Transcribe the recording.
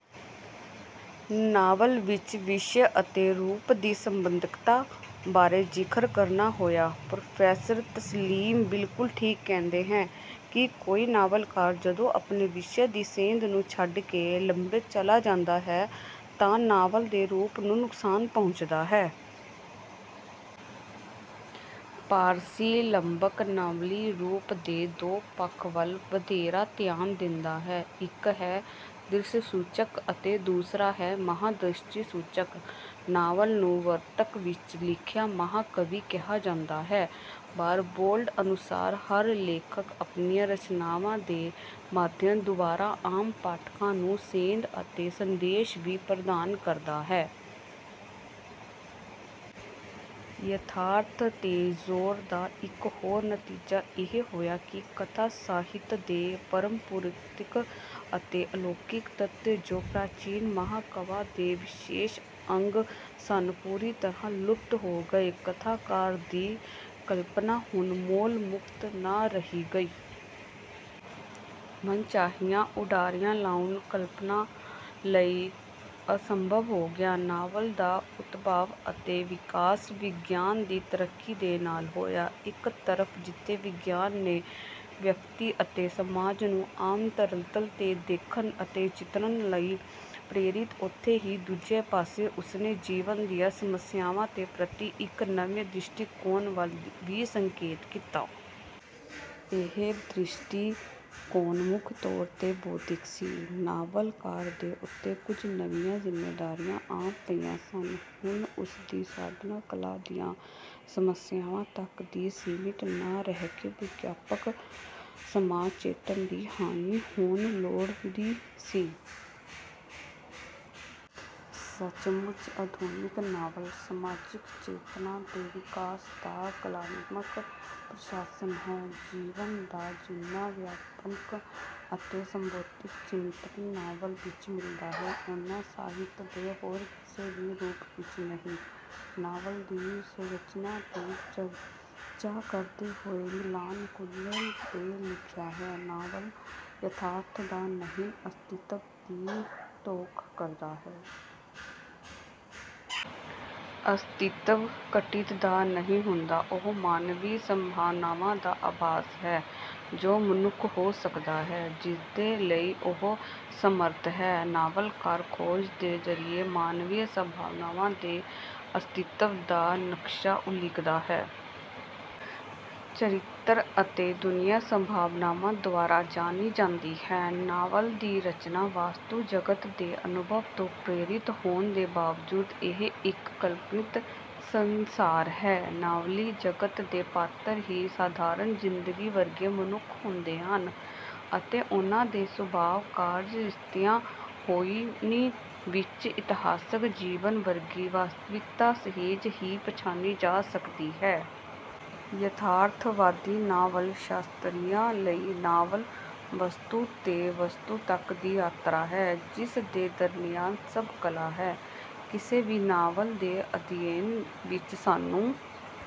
Novel ਵਿੱਚ ਵਿਸ਼ਾ ਅਤੇ ਰੂਪ ਦੀ ਸੰਬਾਦਕਤਾ ਬਾਰੇ ਜ਼ਿਕਰ ਕਰਦਾ ਹੋਇਆ ਪ੍ਰੋਫੈਸਰ ਤਸਲੀਮ ਬਿਲਕੁਲ ਠੀਕ ਕਹਿੰਦਾ ਹੈ ਕਿ ਕੋਈ ਨਾਵਲਕਾਰ ਜਦੋਂ ਆਪਣੇ ਵਿਸ਼ੇ ਦੀ ਸੇਧ ਨੂੰ ਛੱਡ ਕੇ ਲਾਂਭੇ ਚਲਾ ਜਾਂਦਾ ਹੈ ਤਾਂ ਨਾਵਲ ਦੇ ਰੂਪ ਨੂੰ ਨੁਕਸਾਨ ਪਹੁੰਚਦਾ ਹੈ। ਪਰਸੀ ਲੱਬਕ ਨਾਵਲੀ ਰੂਪ ਦੇ ਦੋ ਪੱਖਾਂ ਵੱਲ ਵਧੇਰੇ ਧਿਆਨ ਦਿੰਦਾ ਹੈ। ਇੱਕ ਹੈ ਦ੍ਰਿਸ਼ਸੂਚਕ ਅਤੇ ਦੂਸਰਾ ਹੈ ਮਹਾਂਦ੍ਰਿਸ਼ਸੂਚਕ। ਨਾਵਲ ਨੂੰ ਵਾਰਤਕ ਵਿੱਚ ਲਿਖਿਆ ਮਹਾਂਕਾਵਿ ਕਿਹਾ ਜਾਂਦਾ ਹੈ। ਬਾਰਬੋਲਡ ਅਨੁਸਾਰ ਹਰ ਲੇਖਕ ਆਪਣੀਆਂ ਰਚਨਾਵਾਂ ਦੇ ਮਾਧਿਅਮ ਦੁਆਰਾ ਆਮ ਪਾਠਕਾਂ ਨੂੰ ਸੇਧ ਅਤੇ ਸੰਦੇਸ਼ ਵੀ ਪ੍ਰਦਾਨ ਕਰਦਾ ਹੈ। ਯਥਾਰਥ ਤੇ ਜੋਰ ਦਾ ਇੱਕ ਹੋਰ ਨਤੀਜਾ ਇਹ ਹੋਇਆ ਕਿ ਕਥਾ ਸਾਹਿਤ ਦੇ ਪਰਾਪ੍ਰਕਿਰਤਕ ਅਤੇ ਅਲੌਕਿਕ ਤੱਤ ਜੋ ਪ੍ਰਾਚੀਨ ਮਹਾਂਕਾਵਾਂ ਦਾ ਵਿਸ਼ੇਸ਼ ਅੰਗ ਸਨ ਪੂਰੀ ਤਰ੍ਹਾਂ ਲੁਪਤ ਹੋ ਗਏ। ਕਥਾਕਾਰ ਦੀ ਕਲਪਨਾ ਹੁਣ ਮੂਲੋਂ ਮੁਕਤ ਨਾ ਰਹਿ ਗਈ। ਮਨਚਾਹੀਆਂ ਉਡਾਰੀਆਂ ਲਾਉਣਾ ਕਲਪਨਾ ਲਈ ਅਸੰਭਵ ਹੋ ਗਿਆ। ਨਾਵਲ ਦਾ ਉਦਭਵ ਅਤੇ ਵਿਕਾਸ ਵਿਗਿਆਨ ਦੀ ਤਰੱਕੀ ਦੇ ਨਾਲ ਹੋਇਆ। ਇੱਕ ਤਰਫ ਜਿੱਥੇ ਵਿਗਿਆਨ ਨੇ ਵਿਅਕਤੀ ਅਤੇ ਸਮਾਜ ਨੂੰ ਆਮ ਧਰਾਤਲ ਤੋਂ ਦੇਖਣ ਅਤੇ ਚਿਤਰਣ ਲਈ ਪ੍ਰੇਰਿਆ ਉਥੇ ਹੀ ਦੂਜੇ ਪਾਸੇ ਉਸਨੇ ਜੀਵਨ ਦੀਆਂ ਸਮਸਿਆਵਾਂ ਦੇ ਪ੍ਰਤੀ ਇੱਕ ਨਵੇਂ ਦ੍ਰਿਸ਼ਟੀਕੋਣ ਵੱਲ ਵੀ ਸੰਕੇਤ ਕੀਤਾ। ਇਹ ਦ੍ਰਿਸ਼ਟੀਕੋਣ ਮੁੱਖ ਤੌਰ ਤੇ ਬੌਧਿਕ ਸੀ। ਨਾਵਲਕਾਰ ਦੇ ਉੱਤੇ ਕੁੱਝ ਨਵੀਆਂ ਜ਼ਿੰਮੇਵਾਰੀਆਂ ਆ ਪਈਆਂ ਸਨ। ਹੁਣ ਉਸ ਦੀ ਸਾਧਨਾ ਕਲਾ ਦੀਆਂ ਸਮਸਿਆਵਾਂ ਤੱਕ ਹੀ ਸੀਮਿਤ ਨਾ ਰਹਿਕੇ ਵਿਆਪਕ ਸਮਾਜਕ ਚੇਤਨਾ ਦੀ ਹਾਣੀ ਹੋਣਾ ਲੋੜੀਂਦੀ ਸੀ। ਸਚਮੁਚ ਆਧੁਨਿਕ ਨਾਵਲ ਸਮਾਜਕ ਚੇਤਨਾ ਦੇ ਵਿਕਾਸ ਦਾ ਕਲਾਤਮਕ ਪ੍ਰਕਾਸ਼ਨ ਹੈ। ਜੀਵਨ ਦਾ ਜਿੰਨਾ ਵਿਆਪਕ ਅਤੇ ਸਰਬੰਗੀ ਚਿੱਤਰ ਨਾਵਲ ਵਿੱਚ ਮਿਲਦਾ ਹੈ ਓਨਾ ਸਾਹਿਤ ਦੇ ਹੋਰ ਕਿਸੇ ਵੀ ਰੂਪ ਵਿੱਚ ਨਹੀਂ। ਨਾਵਲ ਦੀ ਸੰਰਚਨਾ ਦੀ ਚਰਚਾ ਕਰਦੇ ਹੋਏ ਮਿਲਾਨ ਕੁੰਦਰਾ ਨੇ ਲਿਖਿਆ ਹੈ ਨਾਵਲ ਯਥਾਰਥ ਦਾ ਨਹੀਂ ਅਸਤਿਤਵ ਦੀ ਘੋਖ ਕਰਦਾ ਹੈ। ਅਸਤੀਤਵ ਘਟਿਤ ਦਾ ਨਹੀਂ ਹੁੰਦਾ ਉਹ ਮਾਨਵੀ ਸੰਭਾਵਨਾਵਾਂ ਦਾ ਆਭਾਸ ਹੈ ਜੋ ਮਨੁੱਖ ਹੋ ਸਕਦਾ ਹੈ ਜਿਸਦੇ ਲਈ ਉਹ ਸਮਰੱਥ ਹੈ। ਨਾਵਲਕਾਰ ਖੋਜ ਦੇ ਜਰੀਏ ਮਾਨਵੀ ਸੰਭਾਵਨਾਵਾਂ ਦੇ ਅਸਤਿਤਵ ਦਾ ਨਕਸ਼ਾ ਉਲੀਕਦਾ ਹੈ। ਚਰਿੱਤਰ ਅਤੇ ਦੁਨੀਆਂ ਸੰਭਾਵਨਾਵਾਂ ਦੁਆਰਾ ਜਾਣੀ ਜਾਂਦੀ ਹੈ। ਨਾਵਲ ਦੀ ਰਚਨਾ ਵਸਤੂ ਜਗਤ ਦੇ ਅਨੁਭਵ ਤੋਂ ਪ੍ਰੇਰਿਤ ਹੋਣ ਦੇ ਬਾਵਜੂਦ ਇਹ ਇੱਕ ਕਲਪਿਤ ਸੰਸਾਰ ਹੈ। ਨਾਵਲੀ ਜਗਤ ਦੇ ਪਾਤਰ ਵੀ ਸਧਾਰਣ ਜਿੰਦਗੀ ਵਰਗੇ ਮਨੁੱਖ ਹੁੰਦੇ ਹਨ ਅਤੇ ਉਨ੍ਹਾਂ ਦੇ ਸੁਭਾਅ ਕਾਰਜ ਰਿਸ਼ਤਿਆਂ ਹੋਣੀ ਵਿੱਚ ਇਤਿਹਾਸਕ ਜੀਵਤ ਵਰਗੀ ਵਾਸਤਵਿਕਤਾ ਸਹਿਜੇ ਹੀ ਪਛਾਣੀ ਜਾ ਸਕਦੀ ਹੈ। ਯਥਾਰਥਵਾਦੀ ਨਾਵਲ ਸ਼ਾਸਤਰੀਆਂ ਲਈ ਨਾਵਲ ਵਸਤੂ ਤੋਂ ਵਸਤੂ ਤੱਕ ਦੀ ਯਾਤਰਾ ਹੈ ਜਿਸ ਦੇ ਦਰਮਿਆਨ ਸਭ ਕਲਾ ਹੈ। ਕਿਸੇ ਵੀ ਨਾਵਲ ਦੇ ਅਧਿਐਨ ਵਿੱਚ ਸਾਨੂੰ